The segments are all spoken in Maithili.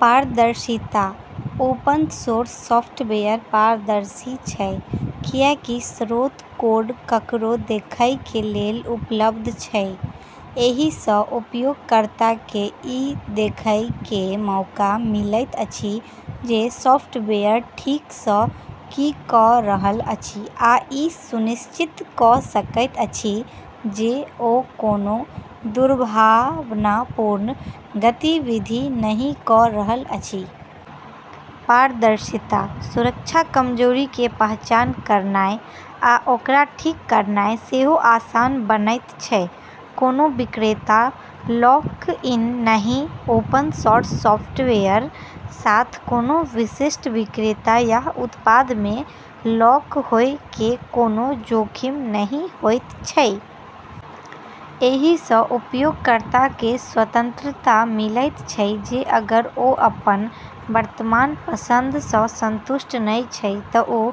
पारदर्शिता: ओपन सोर्स सॉफ्टवेयर पारदर्शी छै, कियाकि स्रोत कोड ककरो देखय के लेल उपलब्ध छै। एही सँ उपयोगकर्ता के ई देखय के मौका मिलैत अछि जे सॉफ्टवेयर ठीक सँ की क रहल अछि आ ई सुनिश्चित क सकैत अछि जे ओ कोनो दुर्भावनापूर्ण गतिविधि नहि क रहल अछि। पारदर्शिता सुरक्षा कमजोरी के पहचान करनाय आ ओकरा ठीक करनाय सेहो आसान बनैत छै। कोनों विक्रेता लॉक-इन नहि: ओपन सोर्स सॉफ्टवेयर के साथ, कोनों विशिष्ट विक्रेता या उत्पाद मे लॉक होय के कोनों जोखिम नहि होयत छै। एही सँ उपयोगकर्ता के स्वतंत्रता मिलैत छै जे अगर ओ अपन वर्तमान पसंद सँ संतुष्ट नहि छै त ओ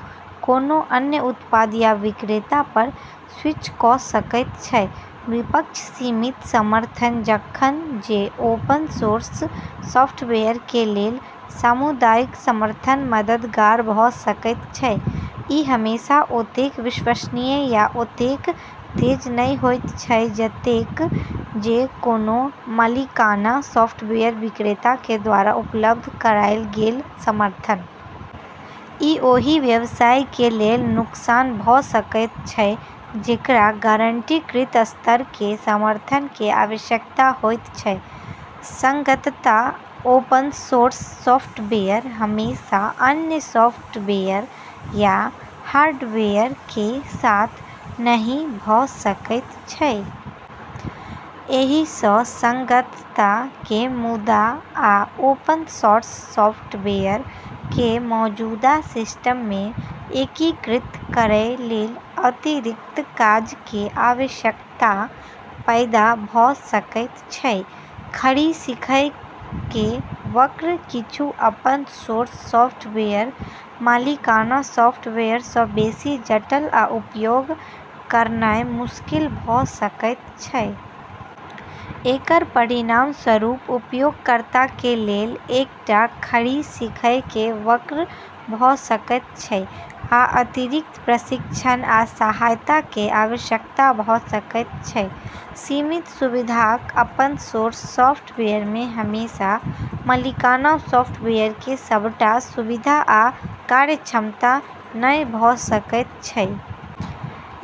कोनों अन्य उत्पाद या विक्रेता पर स्विच क सकैत छै। विपक्ष:सीमित समर्थन: जखन जे ओपन सोर्स सॉफ्टवेयर के लेल सामुदायिक समर्थन मददगार भ सकैत छै, इ हमेशा ओतेक विश्वसनीय या ओतेक तेज नहि होयत छै जतेक जे कोनों मालिकाना सॉफ्टवेयर विक्रेता के द्वारा उपलब्ध करायल गेल समर्थन। इ ओहि व्यवसाय के लेल नुकसान भ सकैत छै, जेकरा गारंटीकृत स्तर के समर्थन के आवश्यकता होयत छै। संगतता: ओपन सोर्स सॉफ्टवेयर हमेशा अन्य सॉफ्टवेयर या हार्डवेयर के साथ संगत नहि भ सकैत छै। एही सँ संगतता के मुद्दा आ ओपन सोर्स सॉफ्टवेयर के मौजूदा सिस्टम मे एकीकृत करय लेल अतिरिक्त काज के आवश्यकता पैदा भ सकैत छै। खड़ी सीखय के वक्र: किछु ओपन सोर्स सॉफ्टवेयर मालिकाना सॉफ्टवेयर सँ बेसी जटिल आ उपयोग करनाय मुश्किल भ सकैत छै। एकर परिणामस्वरूप उपयोगकर्ता के लेल एकटा खड़ी सीखय के वक्र भ सकैत छै आ अतिरिक्त प्रशिक्षण आ सहायता के आवश्यकता भ सकैत छै। सीमित सुविधाक: ओपन सोर्स सॉफ्टवेयर मे हमेशा मालिकाना सॉफ्टवेयर के सबटा सुविधा आ कार्यक्षमता नहि भ सकैत छै।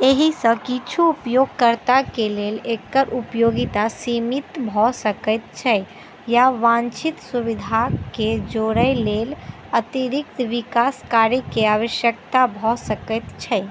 एही सँ किछु उपयोगकर्ता के लेल एकर उपयोगिता सीमित भ सकैत छै या वांछित सुविधाक के जोड़य लेल अतिरिक्त विकास कार्य के आवश्यकता भ सकैत छै।